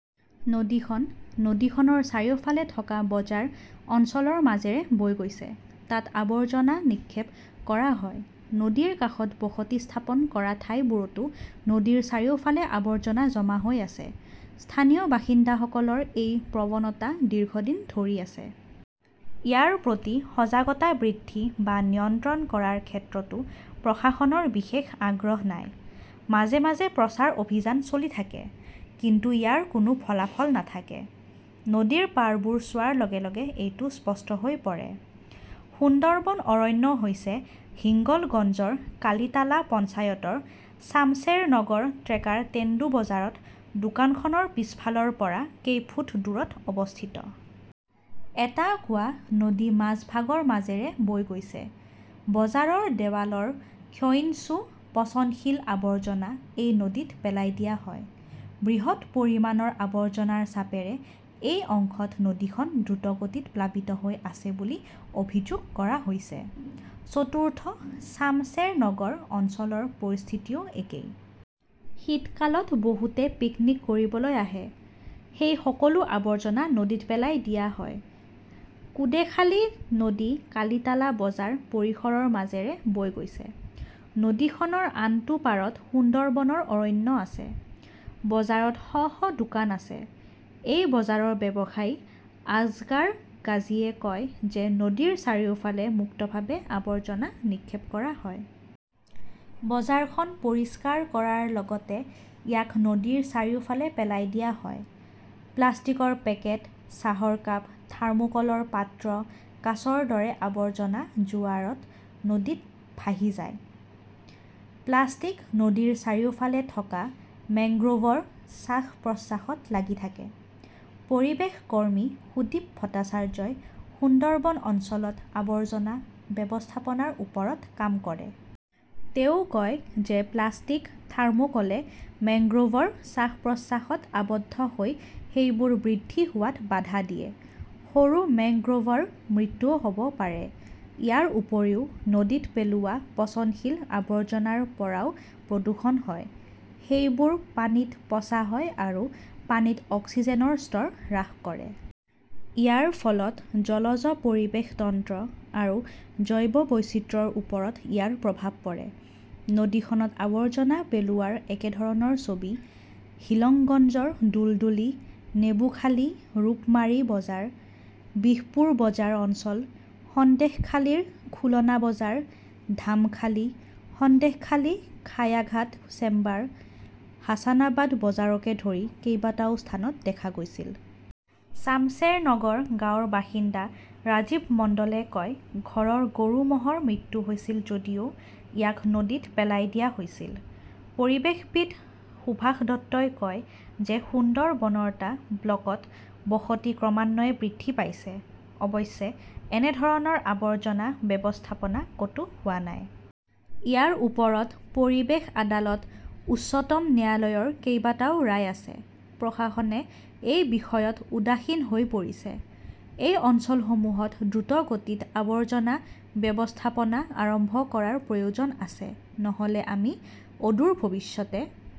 নদীখন নদীখনৰ চাৰিওফালে থকা বজাৰ অঞ্চলৰ মাজেৰে বৈ গৈছে। তাত আৱৰ্জনা নিক্ষেপ কৰা হয়। নদীৰ কাষত বসতি স্থাপন কৰা ঠাইবোৰতো নদীৰ চাৰিওফালে আৱৰ্জনা জমা হৈ আছে। স্থানীয় বাসিন্দাসকলৰ এই প্ৰৱণতা দীৰ্ঘদিন ধৰি আছে। ইয়াৰ প্ৰতি সজাগতা বৃদ্ধি বা নিয়ন্ত্ৰণ কৰাৰ ক্ষেত্ৰতো প্ৰশাসনৰ বিশেষ আগ্ৰহ নাই। মাজে মাজে প্ৰচাৰ অভিযান চলি থাকে, কিন্তু ইয়াৰ কোনো ফলাফল নাথাকে, নদীৰ পাৰবোৰ চোৱাৰ লগে লগে এইটো স্পষ্ট হৈ পৰে। সুন্দৰবন অৰণ্য হৈছে হিংগলগঞ্জৰ কালিটালা পঞ্চায়তৰ চামচেৰনগৰ ট্ৰেকাৰ ষ্টেণ্ড বজাৰত দোকানখনৰ পিছফালৰ পৰা কেই ফুট দূৰত অৱস্থিত। এটা কুঁৱা নদী মাজভাগৰ মাজেৰে বৈ গৈছে। বজাৰৰ দেৱালৰ ক্ষয়িষ্ণু, পচনশীল আৱৰ্জনা এই নদীত পেলাই দিয়া হয়। বৃহৎ পৰিমাণৰ আৱৰ্জনাৰ চাপেৰে এই অংশত নদীখন দ্ৰুতগতিত প্লাবিত হৈ আছে বুলি অভিযোগ কৰা হৈছে। চতুৰ্থ চামচেৰনগৰ অঞ্চলৰ পৰিস্থিতিও একেই। শীতকালত বহুতে পিকনিক কৰিবলৈ আহে। সেই সকলো আৱৰ্জনা নদীত পেলাই দিয়া হয়। কুঁডেখালী নদী কালিটালা বজাৰ পৰিসৰৰ মাজেৰে বৈ গৈছে। নদীখনৰ আনটো পাৰত সুন্দৰবনৰ অৰণ্য আছে। বজাৰত শ শ দোকান আছে। এই বজাৰৰ ব্যৱসায়ী আজগাৰ গাজীয়ে কয় যে নদীৰ চাৰিওফালে মুক্তভাৱে আবৰ্জনা নিক্ষেপ কৰা হয়। বজাৰখন পৰিষ্কাৰ কৰাৰ লগতে ইয়াক নদীৰ চাৰিওফালে পেলাই দিয়া হয়। প্লাষ্টিকৰ পেকেট, চাহৰ কাপ, থৰ্মোকলৰ পাত্ৰ-কাঁচৰ দৰে আৱৰ্জনা জোৱাৰত নদীত ভাহি যায়। প্লাষ্টিক নদীৰ চাৰিওফালে থকা মেংগ্ৰোভৰ শ্বাস-প্ৰশ্বাসত লাগি থাকে। পৰিৱেশ কৰ্মী সুদীপ ভট্টাচাৰ্যই সুন্দৰবন অঞ্চলত আৱৰ্জনা ব্যৱস্থাপনাৰ ওপৰত কাম কৰে। তেওঁ কয় যে প্লাষ্টিক, থাৰ্মোকোলে মেংগ্ৰোভৰ শ্বাস-প্ৰশ্বাসত আবদ্ধ হৈ সেইবোৰ বৃদ্ধি হোৱাত বাধা দিয়ে। সৰু মেংগ্ৰোভৰ মৃত্যুও হ "ব পাৰে। ইয়াৰ উপৰিও, নদীত পেলোৱা পচনশীল আৱৰ্জনাৰ পৰাও প্ৰদূষণ হয়। সেইবোৰ পানীত পচা হয় আৰু পানীত অক্সিজেনৰ স্তৰ হ্ৰাস কৰে। ইয়াৰ ফলত জলজ পৰিৱেশ তন্ত্ৰ আৰু জৈৱ বৈচিত্ৰ্যৰ ওপৰত ইয়াৰ প্ৰভাৱ পৰে। নদীখনত আৱৰ্জনা পেলোৱাৰ একেধৰণৰ ছবি হিংলগঞ্জৰ দুলদুলি, নেবুখালী, ৰূপমাৰী বজাৰ, বিশপুৰ বজাৰ অঞ্চল, সন্দেশখালীৰ খুলনা বজাৰ, ধামখালী, সন্দেশখালী খায়াঘাট চেম্বাৰ, হাছানাবাদ বজাৰকে ধৰি কেইবাটাও স্থানত দেখা গৈছিল। চামচেৰনগৰ গাঁৱৰ বাসিন্দা ৰাজীৱ মণ্ডলে কয়, "ঘৰৰ গৰু-ম" হৰ মৃত্যু হৈছিল যদিও ইয়াক নদীত পেলাই দিয়া হৈছিল। "পৰিৱেশবিদ সুভাষ দত্তই কয় যে সুন্দৰবনৰ টা ব্লকত বসতি ক্ৰমান্বয়ে বৃদ্ধি পাইছে। অৱশ্যে, এনে ধৰণৰ আৱৰ্জনা ব্যৱস্থাপনা ক "তো হোৱা নাই। ইয়াৰ ওপৰত পৰিৱেশ আদালত, উচ্চতম ন্যায়ালয়ৰ কেইবাটাও ৰায় আছে। প্ৰশাসনে এই বিষয়ত উদাসীন হৈ পৰিছে। "এই অঞ্চলসমূহত দ্ৰুতগতিত আৱৰ্জনা ব্যৱস্থাপনা আৰম্ভ কৰাৰ প্ৰয়োজন আছে। নহ "লে আমি অদূৰ ভৱিষ্যতে